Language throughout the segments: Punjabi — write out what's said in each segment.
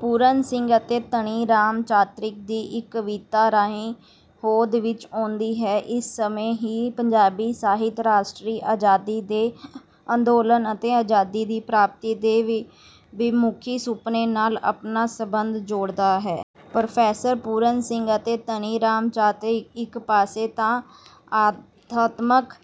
ਪੂਰਨ ਸਿੰਘ ਅਤੇ ਧਨੀ ਰਾਮ ਚਾਤ੍ਰਿਕ ਦੀ ਕਵਿਤਾ ਰਾਹੀਂ ਹੋਂਦ ਵਿੱਚ ਆਉਂਦੀ ਹੈ। ਇਸ ਸਮੇਂ ਹੀ ਪੰਜਾਬੀ ਸਾਹਿਤ ਰਾਸ਼ਟਰੀ ਆਜ਼ਾਦੀ ਦੇ ਅੰਦੋਲਨ ਅਤੇ ਆਜ਼ਾਦੀ ਦੀ ਪ੍ਰਾਪਤੀ ਦੇ ਭਵਿੱਖਮੁੱਖੀ ਸੁਪਨੇ ਨਾਲ ਆਪਣਾ ਸੰਬੰਧ ਜੋੜਦਾ ਹੈ। ਪ੍ਰੋਫੈਸਰ ਪੂਰਨ ਸਿੰਘ ਅਤੇ ਧਨੀ ਰਾਮ ਚਾਤ੍ਰਿਕ ਇੱਕ ਪਾਸੇ ਤਾਂ ਅਧਿਆਤਮਕ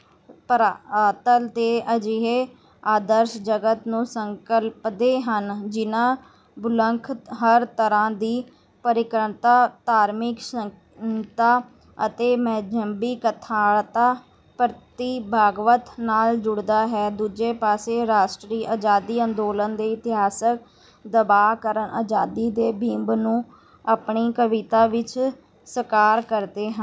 ਧਰਾਤਲ ਤੇ ਅਜਿਹੇ ਆਦਰਸ਼ ਜਗਤ ਨੂੰ ਸੰਕਲਪਦੇ ਹਨ ਜਿਸਦਾ ਤੁਅੱਲਕ ਹਰ ਤਰ੍ਹਾਂ ਦੀ ਪ੍ਰਤਿਮਾਨਕਤਾ ਧਾਰਮਿਕ ਸੰਕੀਰਣਤਾ ਅਤੇ ਮਜ਼ਹਬੀ ਕੱਟੜਤਾ ਪ੍ਰਤਿ ਬਗਾਵਤ ਨਾਲ ਜੁੜਦਾ ਹੈ ਦੂਜੇ ਪਾਸੇ ਰਾਸ਼ਟਰੀ ਆਜ਼ਾਦੀ ਅੰਦੋਲਨ ਦੇ ਇਤਿਹਾਸਕ ਦਬਾਅ ਕਾਰਨ ਆਜ਼ਾਦੀ ਦੇ ਬਿੰਬ ਨੂੰ ਆਪਣੀ ਕਵਿਤਾ ਵਿੱਚ ਸਾਕਾਰ ਕਰਦੇ ਹਨ।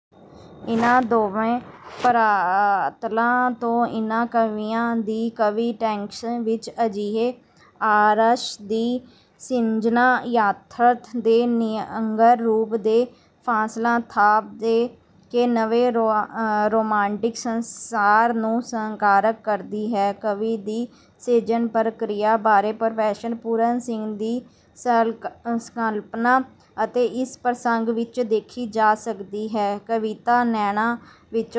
ਇਨ੍ਹਾਂ ਦੋਵਾਂ ਧਰਾਤਲਾਂ ਤੇ ਇਨ੍ਹਾਂ ਕਵੀਆਂ ਦੀ ਕਾਵਿ ਟੈਕਸਟ ਵਿੱਚ ਅਜਿਹੇ ਆਰਸ਼ ਦੀ ਸਿਰਜਣਾ ਯਥਾਰਥ ਦੇ ਨਿੱਘਰ ਰੂਪ ਤੋਂ ਫਾਸਲਾ ਥਾਪ ਕੇ ਨਵੇਂ ਰੋਮਾਂਟਿਕ ਸੰਸਾਰ ਨੂੰ ਸਾਕਾਰ ਕਰਦੀ ਹੈ। ਕਾਵਿ ਦੀ ਸਿਰਜਣ ਪ੍ਰਕਿਰਿਆ ਬਾਰੇ ਪ੍ਰੋਫੈਸਰ ਪੂਰਨ ਸਿੰਘ ਦੀ ਸੰਕਲਪਨਾ ਇਸੇ ਪ੍ਰਸੰਗ ਵਿੱਚ ਦੇਖੀ ਜਾ ਸਕਦੀ ਹੈ ਕਵਿਤਾ ਨੈਣਾਂ ਵਿੱਚ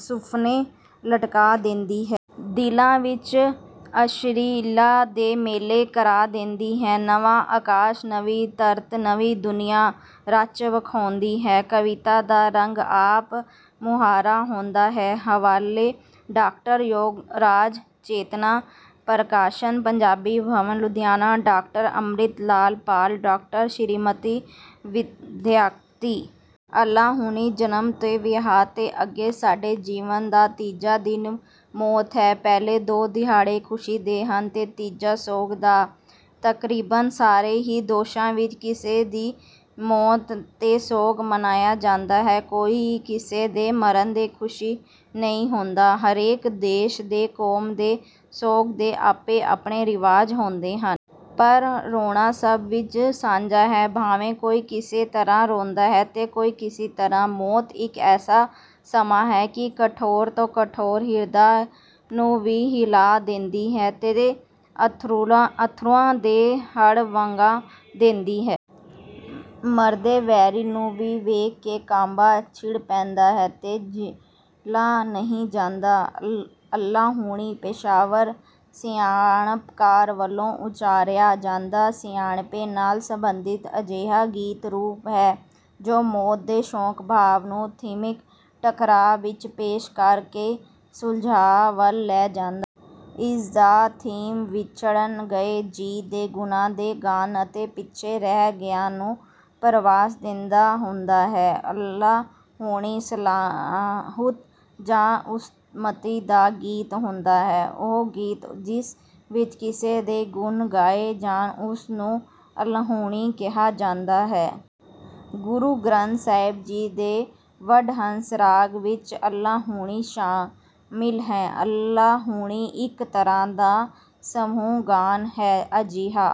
ਸੁਫਨੇ ਲਟਕਾ ਦਿੰਦੀ ਹੈ। ਦਿਲਾਂ ਵਿੱਚ ਅਸ਼ਰੀਰੀਆਂ ਦੇ ਮੇਲੇ ਕਰਾ ਦਿੰਦੀ ਹੈ। ਨਵਾਂ ਆਕਾਸ਼ ਨਵੀਂ ਧਰਤ ਨਵੀਂ ਦੁਨੀਆਂ ਰਚ ਵਿਖਾਉਂਦੀ ਹੈ ਕਵਿਤਾ ਦਾ ਰੰਗ ਆਪ ਮੁਹਾਰਾ ਆਉਂਦਾ ਹੈ। ਹਵਾਲੇ doctor Yograj Chetna Prakashan Punjabi Bhawan Ludhiana doctor Amrit Lal Pal doctor Shrimati Vidyavati. ਅਲਾਹੁਣੀ ਜਨਮ ਤੇ ਵਿਆਹ ਤੋਂ ਅੱਗੇ ਸਾਡੇ ਜੀਵਨ ਦਾ ਤੀਜਾ ਦਿਨ ਮੌਤ ਹੈ। ਪਹਿਲੇ ਦੋ ਦਿਹਾੜੇ ਖੁਸ਼ੀ ਦੇ ਹਨ ਤੇ ਤੀਜਾ ਸੋਗ ਦਾ। ਤਕਰੀਬਨ ਸਾਰੇ ਹੀ ਦੇਸ਼ਾਂ ਵਿੱਚ ਕਿਸੇ ਦੀ ਮੌਤ ਤੇ ਸੋਗ ਮਨਾਇਆ ਜਾਂਦਾ ਹੈ ਕੋਈ ਵੀ ਕਿਸੇ ਦੇ ਮਰਨ ਤੇ ਖੁਸ਼ ਨਹੀਂ ਹੁੰਦਾ ਹਰੇਕ ਦੇਸ਼ ਤੇ ਕੌਮ ਦੇ ਸੋਗ ਦੇ ਆਪੋ ਆਪਣੇ ਰਿਵਾਜ਼ ਹਨ। ਪਰ ਰੋਣਾ ਸਭ ਵਿੱਚ ਸਾਂਝਾ ਹੈ ਭਾਵੇਂ ਕੋਈ ਕਿਸੇ ਤਰ੍ਹਾਂ ਰੋਂਦਾ ਹੈ ਤੇ ਕੋਈ ਕਿਸ ਤਰ੍ਹਾਂ। ਮੌਤ ਇੱਕ ਐਸਾ ਸਮਾਂ ਹੈ ਕਿ ਕਠੋਰ ਤੋਂ ਕਠੋਰ ਹਿਰਦਿਆਂ ਨੂੰ ਵੀ ਹਿਲਾ ਦਿੰਦੀ ਹੈ ਤੇ ਅਥਰੂਆਂ ਦੇ ਹੜ੍ਹ ਵਗਾ ਦਿੰਦੀ ਹੈ। ਮਰਦੇ ਵੈਰੀ ਨੂੰ ਵੀ ਦੇਖ ਕੇ ਕਾਂਬਾ ਛਿੜ ਪੈਂਦਾ ਹੈ ਤੇ ਝੱਲਿਆ ਨਹੀਂ ਜਾਂਦਾ। ਅਲਾਹੁਣੀ ਪੇਸ਼ਾਵਰ ਸਿਆਪਕਾਰ ਵੱਲੋਂ ਉੱਚਾਰਿਆ ਜਾਂਦਾ ਸਿਆਪੇ ਨਾਲ ਸੰਬੰਧਿਤ ਅਜੇਹਾ ਗੀਤ ਰੂਪ ਹੈ ਜੋ ਮੌਤ ਦੇ ਸ਼ੋਕ ਭਾਵ ਨੂੰ ਥੀਮਕ ਟਕਰਾਅ ਵਿੱਚ ਪੇਸ਼ ਕਰ ਕੇ ਸੁਲਝਾਅ ਵੱਲ ਲੈ ਜਾਂਦਾ ਹੈ। ਇਸ ਦਾ ਥੀਮ ਵਿਛੜ ਗਏ ਜੀਅ ਦੇ ਗੁਣਾਂ ਦਾ ਗਾਨ ਅਤੇ ਪਿੱਛੇ ਰਹਿ ਗਿਆ ਨੂੰ ਧਰਵਾਸ ਦੇਣਾ ਹੁੰਦਾ ਹੈ। ਅਲਾਹੁਣੀ ਸਲਾਹੁਤ ਜਾਂ ਉਸਤਿ ਦਾ ਗੀਤ ਹੁੰਦਾ ਹੈ। ਉਹ ਗੀਤ ਜਿਸ ਵਿੱਚ ਕਿਸੇ ਦੇ ਗੁਣ ਗਾਏ ਜਾਣ ਉਸ ਨੂੰ ਅਲਾਹੁਣੀ ਕਿਹਾ ਜਾਂਦਾ ਹੈ। ਗੁਰੂ ਗ੍ਰੰਥ ਸਾਹਿਬ ਦੇ ਵਡਹੰਸ ਰਾਗ ਵਿੱਚ ਅਲਾਹੁਣੀ ਸ਼ਾਮਿਲ ਹੈ। ਅਲਾਹੁਣੀ ਇੱਕ ਤਰ੍ਹਾਂ ਦਾ ਸਮੂਹ ਗਾਨ ਹੈ ਅਜਿਹਾ